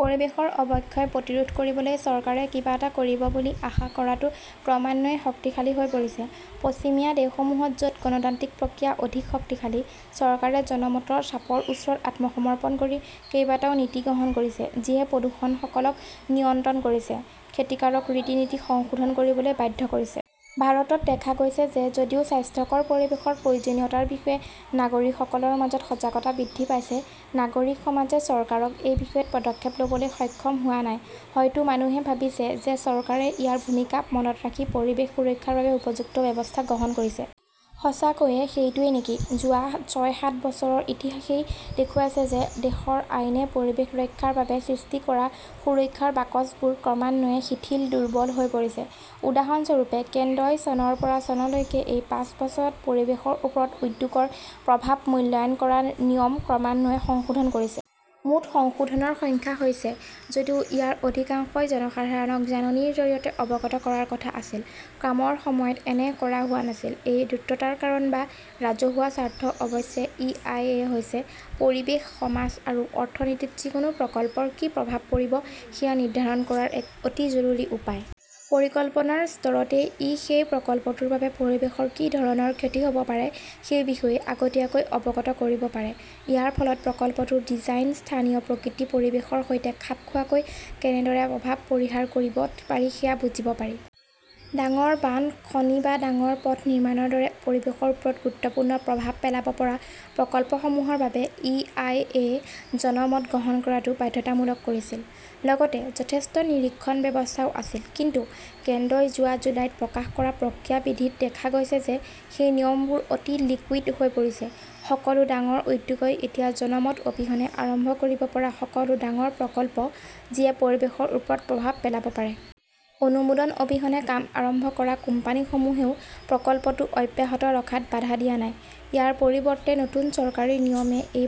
পৰিৱেশৰ অৱক্ষয় প্ৰতিৰোধ কৰিবলৈ চৰকাৰে কিবা এটা কৰিব বুলি আশা কৰাটো ক্ৰমান্বয়ে শক্তিশালী হৈ পৰিছে। পশ্চিমীয়া দেশসমূহত য'ত গণতান্ত্ৰিক প্ৰক্ৰিয়া অধিক শক্তিশালী ,চৰকাৰে জনমতৰ চাপৰ ওচৰত আত্মসমৰ্পণ কৰি কেইবাটাও নীতি গ্ৰহণ কৰিছে। যিয়ে প্ৰদূষকসকলক নিয়ন্ত্ৰণ কৰিছে, ক্ষতিকাৰক ৰীতি-নীতি সংশোধন কৰিবলৈ বাধ্য কৰিছে। ভাৰতত দেখা গৈছে যে যদিও স্বাস্থ্যকৰ পৰিৱেশৰ প্ৰয়োজনীয়তাৰ বিষয়ে নাগৰিকসকলৰ মাজত সজাগতা বৃদ্ধি পাইছে, নাগৰিক সমাজে চৰকাৰক এই বিষয়ত পদক্ষেপ ল'বলৈ সক্ষম হোৱা নাই। হয়তো মানুহে ভাবিছে যে চৰকাৰে ইয়াৰ ভূমিকা মনত ৰাখি পৰিৱেশ সুৰক্ষাৰ বাবে উপযুক্ত ব্যৱস্থা গ্ৰহণ কৰিছে। সঁচাকৈয়ে সেইটোৱেই নেকি? যোৱা ছয়, সাত বছৰৰ ইতিহাসই দেখুৱাইছে যে দেশৰ আইনে পৰিৱেশ ৰক্ষাৰ বাবে সৃষ্টি কৰা সুৰক্ষাৰ বাকচবোৰ ক্ৰমান্বয়ে শিথিল, দুৰ্বল হৈ পৰিছে। উদাহৰণস্বৰূপে, কেন্দ্ৰই চনৰ পৰা চনলৈকে এই পাঁচ বছৰত পৰিৱেশৰ ওপৰত উদ্যোগৰ প্ৰভাৱ মূল্যায়ন কৰাৰ নিয়ম ক্ৰমান্বয়ে সংশোধন কৰিছে। মুঠ সংশোধনৰ সংখ্যা হৈছে। যদিও ইয়াৰ অধিকাংশই জনসাধাৰণক জাননীৰ জৰিয়তে অৱগত কৰাৰ কথা আছিল, কামৰ সময়ত এনে কৰা হোৱা নাছিল। এই দ্ৰুততাৰ কাৰণ বা ৰাজহুৱা স্বাৰ্থ অৱশ্যে ই. আই. এ. হৈছে পৰিৱেশ, সমাজ আৰু অৰ্থনীতিত যিকোনো প্ৰকল্পৰ কি প্ৰভাৱ পৰিব সেয়া নিৰ্ধাৰণ কৰাৰ এক অতি জৰুৰী উপায়। পৰিকল্পনাৰ স্তৰতে ই সেই প্ৰকল্পটোৰ বাবে পৰিৱেশৰ কি ধৰণৰ ক্ষতি হ'ব পাৰে সেই বিষয়ে আগতীয়াকৈ অৱগত কৰিব পাৰে। ইয়াৰ ফলত প্ৰকল্পটোৰ ডিজাইন স্থানীয় প্ৰকৃতি-পৰিৱেশৰ সৈতে খাপ খোৱাকৈ কেনেদৰে প্ৰভাৱ পৰিহাৰ কৰিব পাৰি সেয়া বুজিব পাৰি। ডাঙৰ বান্ধ, খনি বা ডাঙৰ পথ নিৰ্মাণৰ দৰে পৰিৱেশৰ ওপৰত গুৰুত্বপূৰ্ণ প্ৰভাৱ পেলাব পৰা প্ৰকল্পসমূহৰ বাবে ই. আই. এ. -য়ে জনমত গ্ৰহণ কৰাটো বাধ্যতামূলক কৰিছিল, লগতে যথেষ্ট নিৰীক্ষণ ব্যৱস্থাও আছিল। কিন্তু কেন্দ্ৰই যোৱা জুলাইত প্ৰকাশ কৰা প্ৰক্ৰিয়া বিধি ত দেখা গৈছে যে সেই নিয়মবোৰ অতি লিকুইড হৈ পৰিছে ,সকলো ডাঙৰ উদ্যোগই এতিয়া জনমত অবিহনে আৰম্ভ কৰিব পৰা সকলো ডাঙৰ প্ৰকল্প, যিয়ে পৰিৱেশৰ ওপৰত প্ৰভাৱ পেলাব পাৰে। অনুমোদন অবিহনে কাম আৰম্ভ কৰা কোম্পানীসমূহেও প্ৰকল্পটো অব্যাহত ৰখাত বাধা দিয়া নাই। ইয়াৰ পৰিৱৰ্তে, নতুন চৰকাৰী নিয়মে এই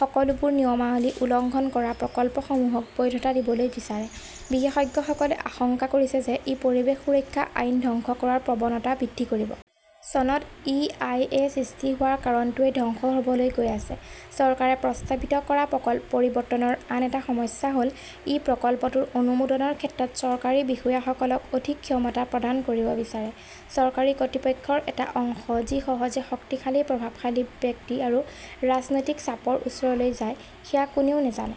সকলোবোৰ নিয়মাৱলী উলংঘন কৰা প্ৰকল্পসমূহক বৈধতা দিবলৈ বিচাৰে। বিশেষজ্ঞসকলে আশংকা কৰিছে যে ই পৰিৱেশ সুৰক্ষা আইন ধ্বংস কৰাৰ প্ৰৱণতা বৃদ্ধি কৰিব। চনত ই. আই. এ. সৃষ্টি হোৱাৰ কাৰণটোৱেই ধ্বংস হ'বলৈ গৈ আছে। চৰকাৰে প্ৰস্তাৱিত কৰা পৰিৱৰ্তনৰ আন এটা সমস্যা হ'ল ই প্ৰকল্পটোৰ অনুমোদনৰ ক্ষেত্ৰত চৰকাৰী বিষয়াসকলক অধিক ক্ষমতা প্ৰদান কৰিব বিচাৰে। চৰকাৰী কৰ্তৃপক্ষৰ এটা অংশ যি সহজে শক্তিশালী, প্ৰভাৱশালী ব্যক্তি আৰু ৰাজনৈতিক চাপৰ ওচৰলৈ যায় সেয়া কোনেও নাজানে।